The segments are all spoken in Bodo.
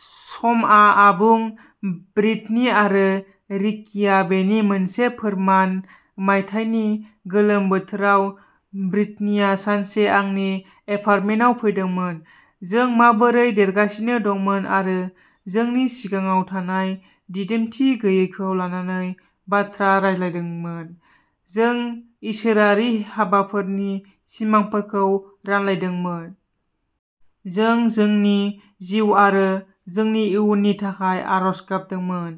समआ आबुं। ब्रिटनी आरो रिकीआ बेनि मोनसे फोरमान। मायथाइनि गोलोम बोथोराव ब्रिटनीआ सानसे आंनि एपारटमेनटआव फैदोंमोन। जों माबोरै देरगासिनो दंमोन आरो जोंनि सिगाङाव थानाय दिदोमथि गैयैखौ लानानै बाथ्रा रायज्लायदोंमोन। जों इसोरारि हाबाफोरनि सिमांफोरखौ रानलायदोंमोन। जों जोंनि जिउ आरो जोंनि इयुननि थाखाय आरज गाबदोंमोन।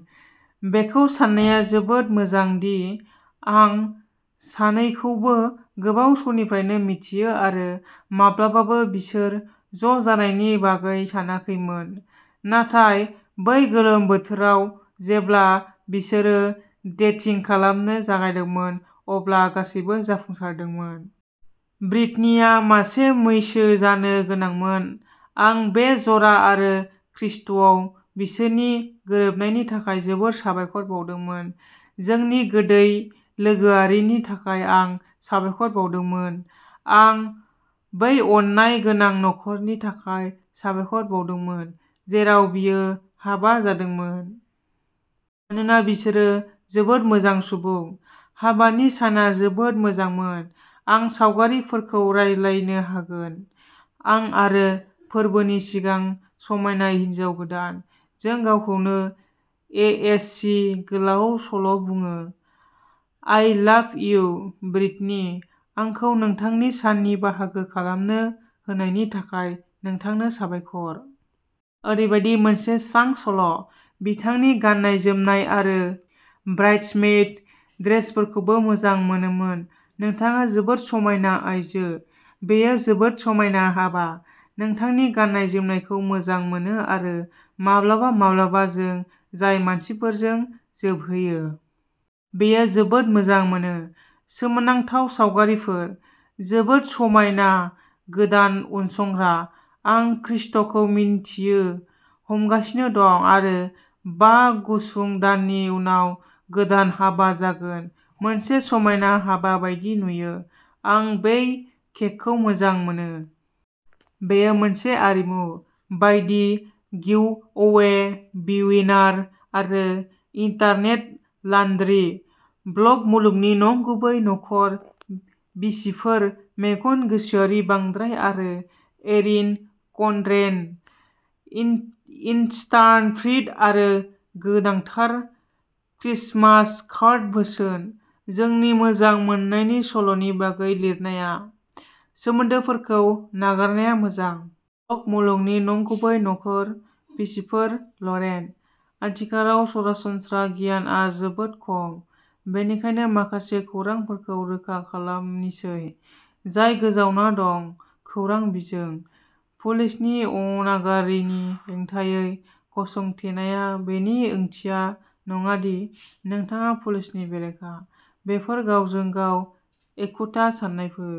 बेखौ साननाया जोबोद मोजां दि आं सानैखौबो गोबाव समनिफ्रायनो मिथियो आरो माब्लाबाबो बिसोर ज'जानायनि बागै सानाखैमोन। नाथाय बै गोलोम बोथोराव जेब्ला बिसोरो डेटिं खालामनो जागायदोंमोन, अब्ला गासैबो जाफुंसारदोंमोन। ब्रिटनीआ मासे मैसो जानो गोनांमोन। आं बे जरा आरो खृष्टआव बिसोरनि गोरोबनायनि थाखाय जोबोद साबायखर बावदोंमोन। जोंनि गोदै लोगोआरिनि थाखाय आं साबायखर बावदोंमोन। आं बै अननाय गोनां नखरनि थाखाय साबायखर बावदोंमोन, जेराव बियो हाबा जादोंमोन। मानोना बिसोरो जोबोद मोजां सुबुं। हाबानि साना जोबोद मोजांमोन। आं सावगारिफोरखौ रायज्लायनो होगोन। आं आरो फोरबोनि सिगां समायना हिन्जाव गोदान। जों गावखौनो ए. एस. सी. गोलाव सल' बुङो। आइ लाभ इउ, ब्रिटनी, आंखौ नोंथांनि साननि बाहागो खालामनो होनायनि थाखाय नोंथांनो साबायखर। ओरैबायदि मोनसे स्रां सल'। बिथांनि गाननाय जोमनाय आरो ब्राइडसमेइड ड्रेसफोरखौबो मोजां मोनोमोन। नोंथाङा जोबोद समायना आइजो। बेयो जोबोद समायना हाबा। नोंथांनि गाननाय जोमनायखौ मोजां मोनो आरो माब्लाबा माब्लाबा जों जाय मानसिफोरजों जोबहैयो। बेयो जोबोद मोजां मोनो। सोमोनांथाव सावगारिफोर, जोबोद समायना, गोदान उनसंग्रा। आं खृष्टखौ मिनथियो हमगासिनो दं आरो बा गुसुं दाननि उनाव गोदान हाबा जागोन। मोनसे समायना हाबा बायदि नुयो। आं बै केकखौ मोजां मोनो। बेयो मोनसे आरिमु बायदि गिवअवे विउवेनार आरो इनटारनेट लानड्री। ब्लग मुलुगनि नंगुबै नखर बिसिफोर मेगन गोसोआरि बांद्राय आरो एरिन कनड्रेन। इन-इनस्टानफ्रिड आरो गोनांथार क्रिसमास कार्ड बोसोन। जोंनि मोजां मोननायनि सल'नि बागै लिरनाया। सोमोन्दोफोरखौ नागारनाया मोजां। ब्लग मुलुगनि नंगुबै नखर बिसिफोर लरेन। आथिखालाव सरासनस्रा गियानआ जोबोद खम। बेनिखायनो माखासे खौरांफोरखौ रोखा खालामनिसै जाय गोजावना दं। खौरां बिजों। पुलिसनि अनागारिनि हेंथायै गसंथेनाया बेनि ओंथिया नङा दि नोंथाङा पुलिसनि बेरेखा। बेफोर गावजों-गाव एखुथा साननायफोर।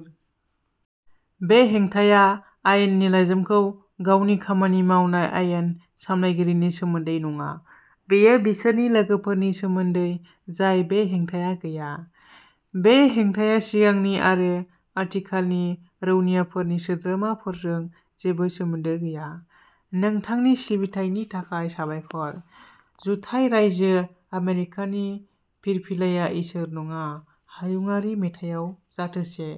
बे हेंथाया आयेननि लाइजामखौ गावनि खामानि मावनाय आयेन सामलायगिरिनि सोमोन्दै नङा। बेयो बिसोरनि लोगोफोरनि सोमोन्दै जाय बे हेंथाया गैया। बे हेंथाया सिगांनि आरो आथिखालनि रौनियाफोरनि सोद्रोमाफोरजों जेबो सोमोन्दो गैया। नोंथांनि सिबिथायनि थाखाय साबायखर। जुथाइ रायजो आमेरिकानि फिरफिलाया इसोर नङा। हायुंआरि मेथाइयाव जाथोसे